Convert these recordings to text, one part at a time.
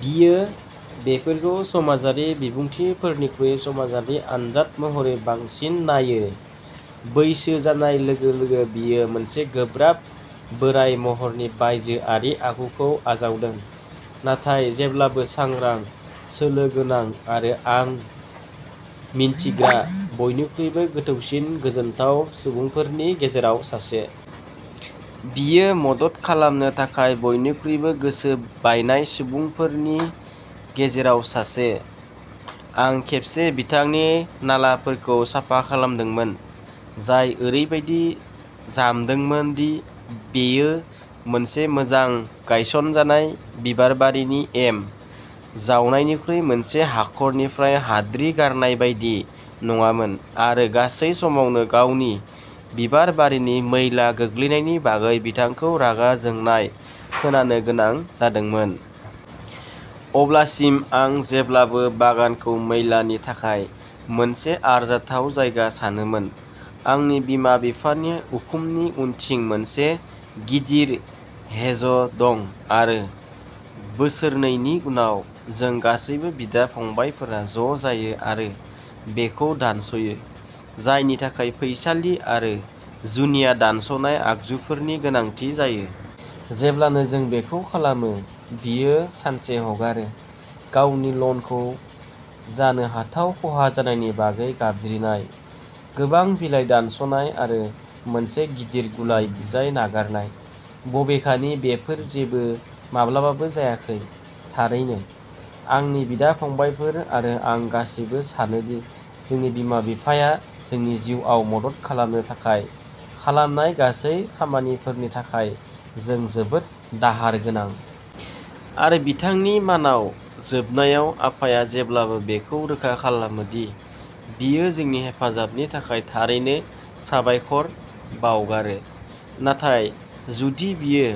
बियो बेफोरखौ समाजारि बिबुंथिफोरनिख्रुइ समाजारि आनजाद महरै बांसिन नायो। बैसो जानाय लोगो-लोगो बियो मोनसे गोब्राब बोराय महरनि बायजोआरि आखुखौ आजावदों, नाथाय जेब्लाबो सांग्रां, सोलो गोनां, आरो आं मिन्थिग्रा बयनिख्रुइबो गोथौसिन गोजोनथाव सुबुंफोरनि गेजेराव सासे। बियो मदद खालामनो थाखाय बयनिख्रुइबो गोसो बायनाय सुबुंफोरनि गेजेराव सासे। आं खेबसे बिथांनि नालाफोरखौ साफा खालामदोंमोन, जाय ओरैबायदि जामदोंमोन दि बेयो मोनसे मोजां गायसनजानाय बिबारबारिनि एम जावनायनिख्रुइ मोनसे हाखरनिफ्राय हाद्रि गारनाय बायदि नङामोन आरो गासै समावनो गावनि बिबारबारिनि मैला गोग्लैनायनि बागै बिथांखौ रागा जोंनाय खोनानो गोनां जादोंमोन। अब्लासिम आं जेब्लाबो बागानखौ मैलानि थाखाय मोनसे आरजाथाव जायगा सानोमोन। आंनि बिमा-बिफानि उखुमनि उनथिं मोनसे गिदिर हेज दं आरो बोसोरनैनि उनाव जों गासैबो बिदा-फंबायफोरा ज' जायो आरो बेखौ दानस'यो, जायनि थाखाय फैसालि आरो जुनिया दानस'नाय आगजुफोरनि गोनांथि जायो। जेब्लानो जों बेखौ खालामो, बियो सानसे हगारो। गावनि लनखौ जानो हाथाव खहा जानायनि बागै गाबज्रिनाय, गोबां बिलाइ दानस'नाय आरो मोनसे गिदिर गुलाय-गुजाय नागारनाय, बबेखानि बेफोर जेबो माब्लाबाबो जायाखै। थारैनो, आंनि बिदा-फंबायफोर आरो आं गासैबो सानो दि जोंनि बिमा-बिफाया जोंनि जिउआव मदद खालामनो थाखाय खालामनाय गासै खामानिफोरनि थाखाय जों जोबोद दाहार गोनां। आरो बिथांनि मानाव जोबनायाव आफाया जेब्लाबो बेखौ रोखा खालामो दि बियो जोंनि हेफाजाबनि थाखाय थारैनो साबायखर बावगारो। नाथाय जुदि बियो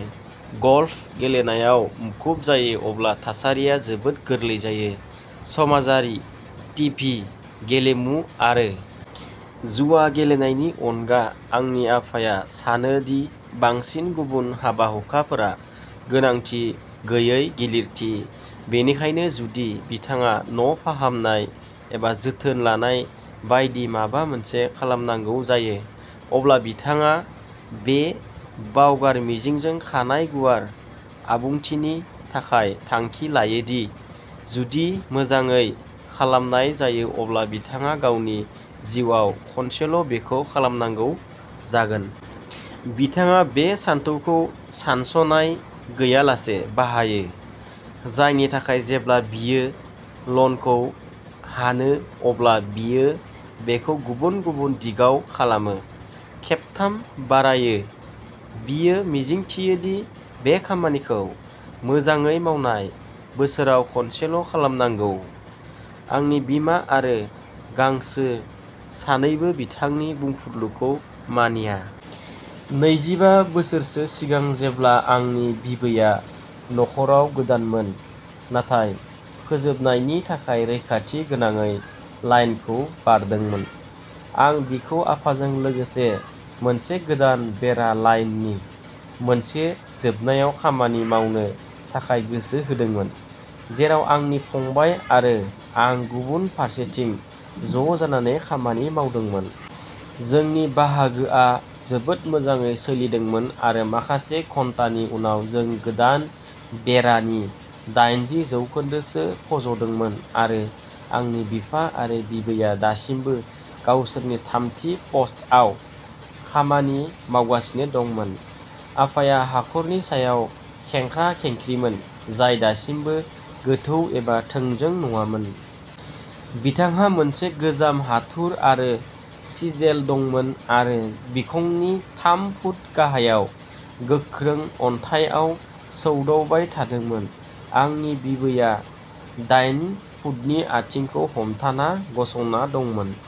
गल्फ गेलेनायाव मुखुब जायो अब्ला थासारिया जोबोद गोरलै जायो। समाजारि, टिभि, गेलेमु आरो जुवा गेलेनायनि अनगा आंनि आफाया सानो दि बांसिन गुबुन हाबा-हुखाफोरा गोनांथि गैयै गिलिरथि, बेनिखायनो जुदि बिथाङा न' फाहामनाय एबा जोथोन लानाय बायदि माबा मोनसे खालामनांगौ जायो, अब्ला बिथाङा बे बावगार मिजिंजों खानाइ-गुवार आबुंथिनि थाखाय थांखि लायो दि जुदि मोजाङै खालामनाय जायो अब्ला बिथाङा गावनि जिउआव खनसेल' बेखौ खालामनांगौ जागोन। बिथाङा बे सानथौखौ सानस'नाय गैयालासे बाहायो, जायनि थाखाय जेब्ला बियो लनखौ हानो अब्ला बियो बेखौ गुबुन गुबुन दिगाव खालामो, खेबथाम बारायो। बियो मिजिंथियो दि बे खामानिखौ, मोजाङै मावनाय, बोसोराव खनसेल' खालामनांगौ। आंनि बिमा आरो गांसो सानैबो बिथांनि बुंफुरलुखौ मानिया। नैजिबा बोसोरसो सिगां जेब्ला आंनि बिबैया न'खराव गोदानमोन, नाथाय फोजोबनायनि थाखाय रैखाथि गोनाङै लाइनखौ बारदोंमोन, आं बिखौ आफाजों लोगोसे मोनसे गोदान बेरा-लाइननि मोनसे जोबनायाव खामानि मावनो थाखाय गोसो होदोंमोन, जेराव आंनि फंबाय आरो आं गुबुन फारसेथिं ज'जानानै खामानि मावदोंमोन। जोंनि बाहागोआ जोबोद मोजाङै सोलिदोंमोन आरो माखासे घन्टानि उनाव जों गोदान बेरा नि दाइनजि जौखोन्दोसो फज'दोंमोन आरो आंनि बिफा आरो बिबैया दासिमबो गावसोरनि थामथि पस्टआव खामानि मावगासिनो दंमोन। आफाया हाखरनि सायाव खेंख्रा-खेंख्रिमोन, जाय दासिमबो गोथौ एबा थोंजों नङामोन। बिथांहा मोनसे गोजाम हाथुर आरो सिजेल दंमोन आरो बिखंनि थाम फुट गाहायाव गोख्रों अन्थाइआव सौदावबाय थादोंमोन। आंनि बिबैया डाइन फुटनि आथिंखौ हमथाना गसंना दंमोन।